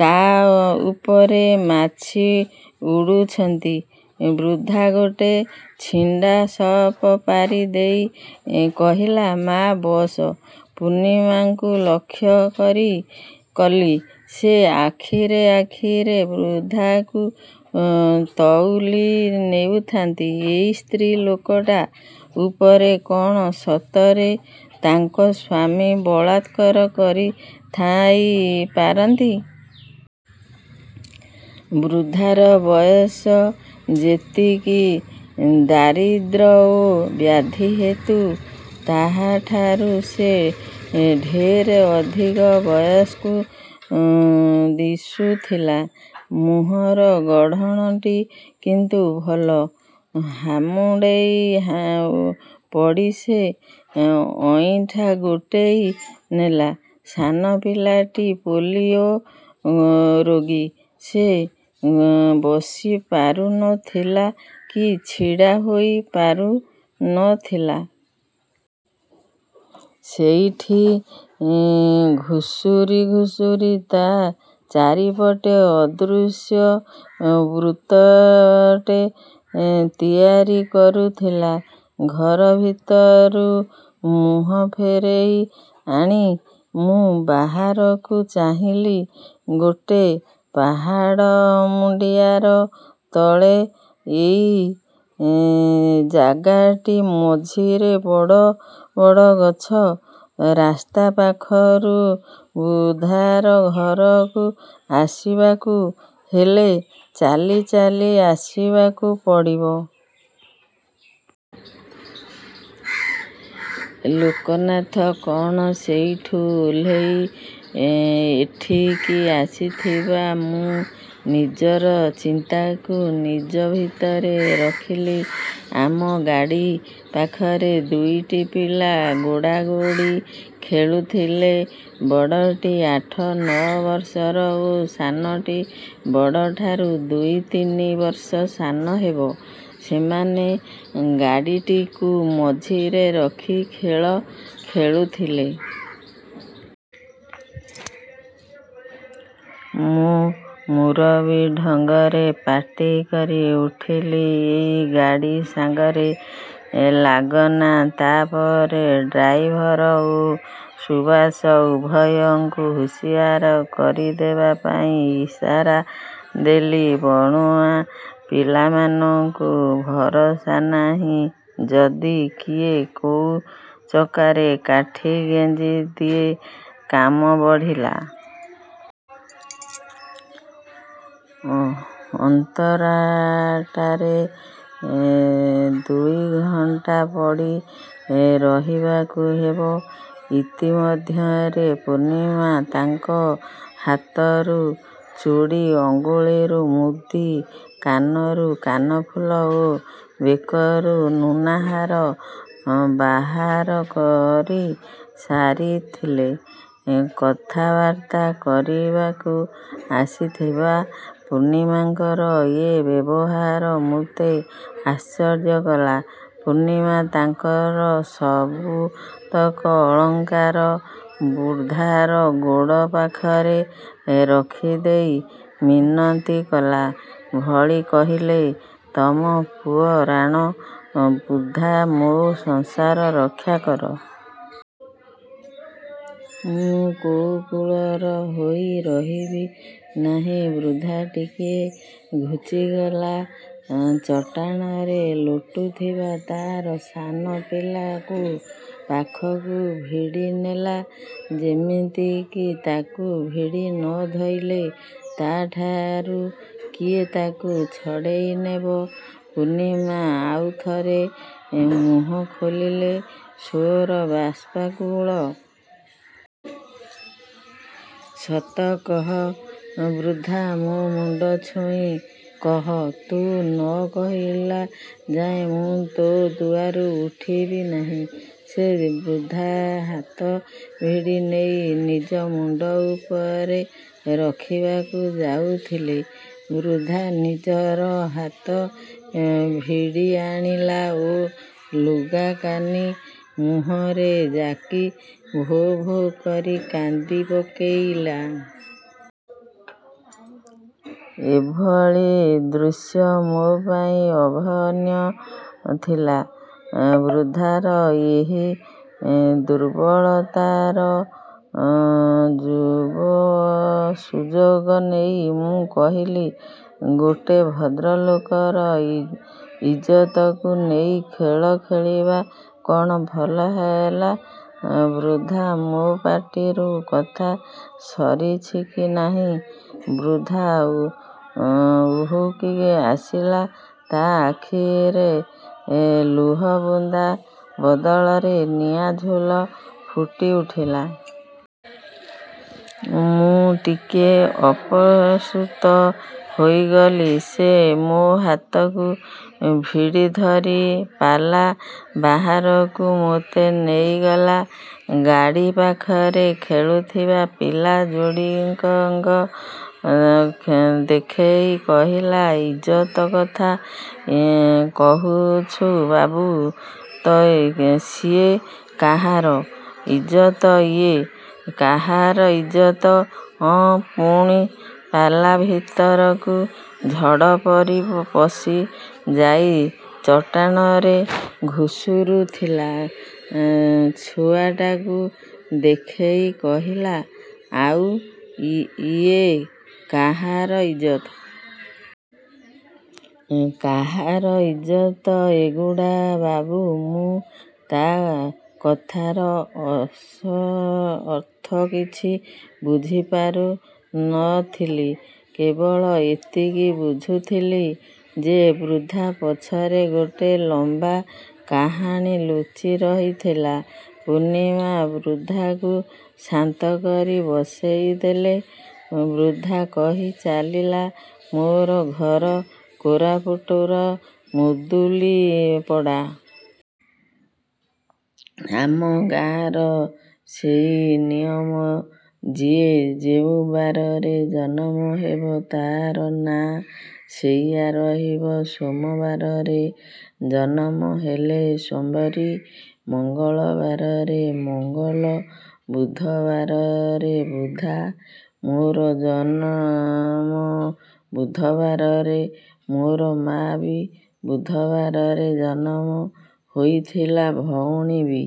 ତା' ଉପରେ ମାଛି ଉଡ଼ୁଛନ୍ତି। ବୁଧା ଗୋଟେ ଛିଣ୍ଡା ଶପ ପାରି ଦେଇ କହିଲା, 'ମା' ବସ।' ପୂର୍ଣ୍ଣିମାଙ୍କୁ ଲକ୍ଷ୍ୟ କଲି। ସେ ଆଖିରେ ଆଖିରେ ବୁଧାକୁ ତଉଲି ନେଉଥାନ୍ତି ଏଇ ସ୍ତ୍ରୀ ଲୋକଟା ଉପରେ କ'ଣ ସତରେ ତାଙ୍କ ସ୍ୱାମୀ ବଳାତ୍କାର କରିଥାଇ ପାରନ୍ତି! ବୁଧାର ବୟସ ଯେତିକି, ଦାରିଦ୍ର୍ୟ ଓ ବ୍ୟାଧି ହେତୁ ତାହାଠାରୁ ସେ ଢେର୍ ଅଧିକ ବୟସ୍କ ଦିଶୁଥିଲା। ମୁହଁର ଗଢ଼ଣଟି କିନ୍ତୁ ଭଲ। ହାମୁଡ଼େଇ ପଡ଼ି ସେ ଅଇଁଠା ଗୋଟେଇ ନେଲା। ସାନ ପିଲାଟି ପୋଲିଓ ରୋଗୀ। ସେ ବସି ପାରୁ ନଥିଲା କି ଛିଡ଼ା ହୋଇ ପାରୁ ନଥିଲା। ସେଇଠି ଘୁଷୁରି ଘୁଷୁରି ତା' ଚାରିପଟେ ଅଦୃଶ୍ୟ ବୃତ୍ତଟେ ତିଆରି କରୁଥିଲା। ଘର ଭିତରୁ ମୁହଁ ଫେରେଇ ଆଣି ମୁଁ ବାହାରକୁ ଚାହିଁଲି। ଗୋଟେ ପାହାଡ଼ ମୁଣ୍ଡିଆର ତଳେ ଏଇ ଜାଗାଟି। ମଝିରେ ବଡ଼ ବଡ଼ ଗଛ। ରାସ୍ତା ପାଖରୁ ବୁଧାର ଘରକୁ ଆସିବାକୁ ହେଲେ ଚାଲି ଚାଲି ଆସିବାକୁ ପଡ଼ିବ। ଲୋକନାଥ କ'ଣ ସେଇଠୁ ଓହ୍ଲେଇ ଏଠିକି ଆସିଥିବ! ମୁଁ ନିଜର ଚିନ୍ତାକୁ ନିଜ ଭିତରେ ରଖିଲି। ଆମ ଗାଡ଼ି ପାଖରେ ଦୁଇଟି ପିଲା ଗୋଡ଼ିଆଗୋଡ଼ି ଖେଳୁଥିଲେ। ବଡ଼ଟି ଆଠ ନଅ ବର୍ଷର ଓ ସାନଟି ବଡ଼ଠାରୁ ଦୁଇ ତିନି ବର୍ଷ ସାନ ହେବ। ସେମାନେ ଗାଡ଼ିଟିକୁ ମଝିରେ ରଖି ଖେଳ ଖେଳୁଥିଲେ। ମୁଁ ମୁରବି ଢଙ୍ଗରେ ପାଟି କରି ଉଠିଲି, "ଏଇ, ଗାଡ଼ି ସାଙ୍ଗରେ ଲାଗନା।" ତା' ପରେ ଡ୍ରାଇଭର ଓ ସୁଭାଷ ଉଭୟଙ୍କୁ ହୁସିଆର କରିଦେବା ପାଇଁ ଇସାରା ଦେଲି। ବଣୁଆ ପିଲାମାନଙ୍କୁ ଭରସା ନାହିଁ, ଯଦି କିଏ କୋଉ ଚକାରେ କାଠି ଗେଞ୍ଜିଦିଏ କାମ ବଢ଼ିଲା। ଅପନ୍ତରାଟାରେ ଦୁଇ ଘଣ୍ଟା ପଡ଼ି ରହିବାକୁ ହେବ। ଇତିମଧ୍ୟରେ ପୂର୍ଣ୍ଣିମା ତାଙ୍କ ହାତରୁ ଚୁଡ଼ି, ଆଙ୍ଗୁଳିରୁ ମୁଦି, କାନରୁ କାନଫୁଲ ଓ ବେକରୁ ସୁନାହାର ବାହାର କରି ସାରିଥିଲେ। କଥାବାର୍ତ୍ତା କରିବାକୁ ଆସିଥିବା ପୂର୍ଣ୍ଣିମାଙ୍କର ଏ ବ୍ୟବହାର ମୋତେ ଆଶ୍ଚର୍ଯ୍ୟ କଲା। ପୂର୍ଣ୍ଣିମା ତାଙ୍କର ସବୁତକ ଅଳଙ୍କାର ବୁଧାର ଗୋଡ଼ ପାଖରେ ରଖିଦେଇ ମିନତି କଲା ଭଳି କହିଲେ, "ତମ ପୁଅ ରାଣ ବୁଧା, ମୋ ସଂସାର ରକ୍ଷା କର। ମୁଁ କୋଉ କୂଳର ହୋଇ ରହିବି ନାହିଁ।" ବୁଧା ଟିକିଏ ଘୁଞ୍ଚିଗଲା। ଚଟାଣରେ ଲୋଟୁଥିବା ତା'ର ସାନ ପିଲାଟାକୁ ପାଖକୁ ଭିଡ଼ି ନେଲା। ଯେମିତିକି ତାକୁ ଭିଡ଼ି ନ ଧରିଲେ ତା'ଠାରୁ କିଏ ତାକୁ ଛଡ଼େଇ ନେବ। ପୂର୍ଣ୍ଣିମା ଆଉ ଥରେ ମୁହଁ ଖୋଲିଲେ। ସ୍ୱର ବାଷ୍ପାକୁଳ। "ସତ କହ ବୁଧା, ମୋ ମୁଣ୍ଡ ଛୁଇଁ କହ। ତୁ ନ କହିଲା ଯାଏ ମୁଁ ତୋ ଦୁଆରୁ ଉଠିବି ନାହିଁ।" ସେ ବୁଧାର ହାତ ଭିଡ଼ି ନେଇ ନିଜ ମୁଣ୍ଡ ଉପରେ ରଖିବାକୁ ଯାଉଥିଲେ ବୁଧା ନିଜର ହାତ ଭିଡ଼ି ଆଣିଲା ଓ ଲୁଗାକାନି ମୁହଁରେ ଜାକି ଭୋ-ଭୋ କରି କାନ୍ଦି ପକେଇଲା। ଏଭଳି ଦୃଶ୍ୟ ମୋ ପାଇଁ ଅଭାବନୀୟ ଥିଲା। ବୁଧାର ଏହି ଦୁର୍ବଳତାର ସୁଯୋଗ ନେଇ ମୁଁ କହିଲି, "ଗୋଟେ ଭଦ୍ରଲୋକର ଇଜ୍ଜତକୁ ନେଇ ଖେଳ ଖେଳିବା କ'ଣ ଭଲ ହେଲା ବୁଧା?" ମୋ ପାଟିରୁ କଥା ସରିଛି କି ନାହିଁ ବୁଧା ଉହୁଙ୍କି ଆସିଲା। ତା' ଆଖିରେ ଲୁହ ବୁନ୍ଦା ବଦଳରେ ନିଆଁଝୁଲ ଫୁଟି ଉଠିଲା। ମୁଁ ଟିକେ ଅପ୍ରସ୍ତୁତ ହୋଇଗଲି। ସେ ମୋ ହାତକୁ ଭିଡ଼ି ଧରି ପାଲା ବାହାରକୁ ମୋତେ ନେଇଗଲା। ଗାଡ଼ି ପାଖରେ ଖେଳୁଥିବା ପିଲା ଯୋଡ଼ିକଙ୍କୁ ଦେଖେଇ କହିଲା, "ଇଜ୍ଜତ କଥା କହୁଛୁ ବାବୁ, ତ ସିଏ କାହାର ଇଜ୍ଜତ, ଇଏ କାହାର ଇଜ୍ଜତ ଆଁ?" ପୁଣି ପାଲା ଭିତରକୁ ଝଡ଼ ପରି ପଶି ଯାଇ ଚଟାଣରେ ଘୁଷୁରୁଥିବା ଛୁଆଟାକୁ ଦେଖେଇ କହିଲା, "ଆଉ, ଇଏ କାହାର ଇଜ୍ଜତ? କାହାର ଇଜ୍ଜତ ଏଗୁଡ଼ା ବାବୁ?" ମୁଁ ତା' କଥାର ଅର୍ଥ କିଛି ବୁଝି ପାରୁ ନଥିଲି। କେବଳ ଏତିକି ବୁଝୁଥିଲି ଯେ ବୁଧା ପଛରେ ଗୋଟେ ଲମ୍ବା କାହାଣୀ ଲୁଚି ରହିଥିଲା। ପୂର୍ଣ୍ଣିମା ବୁଧାକୁ ଶାନ୍ତ କରି ବସେଇ ଦେଲେ। ବୁଧା କହି ଚାଲିଲା "ମୋର ଘର କୋରାପୁଟର ମୁଦୁଲିପଡ଼ା। ଆମ ଗାଁର ସେଇ ନିୟମ। ଯିଏ ଯୋଉ ବାରରେ ଜନମ ହେବ ତା'ର ନାଁ ସେଇଆ ରହିବ। ସୋମବାରରେ ଜନମ ହେଲେ ସମ୍ବାରୀ, ମଙ୍ଗଳବାରରେ ମଙ୍ଗଲ, ବୁଧବାରରେ ବୁଧା। ମୋର ଜନମ ବୁଧବାରରେ। ମୋର ମା' ବି ବୁଧବାରରେ ଜନମ ହୋଇଥିଲା, ଭଉଣୀ ବି।"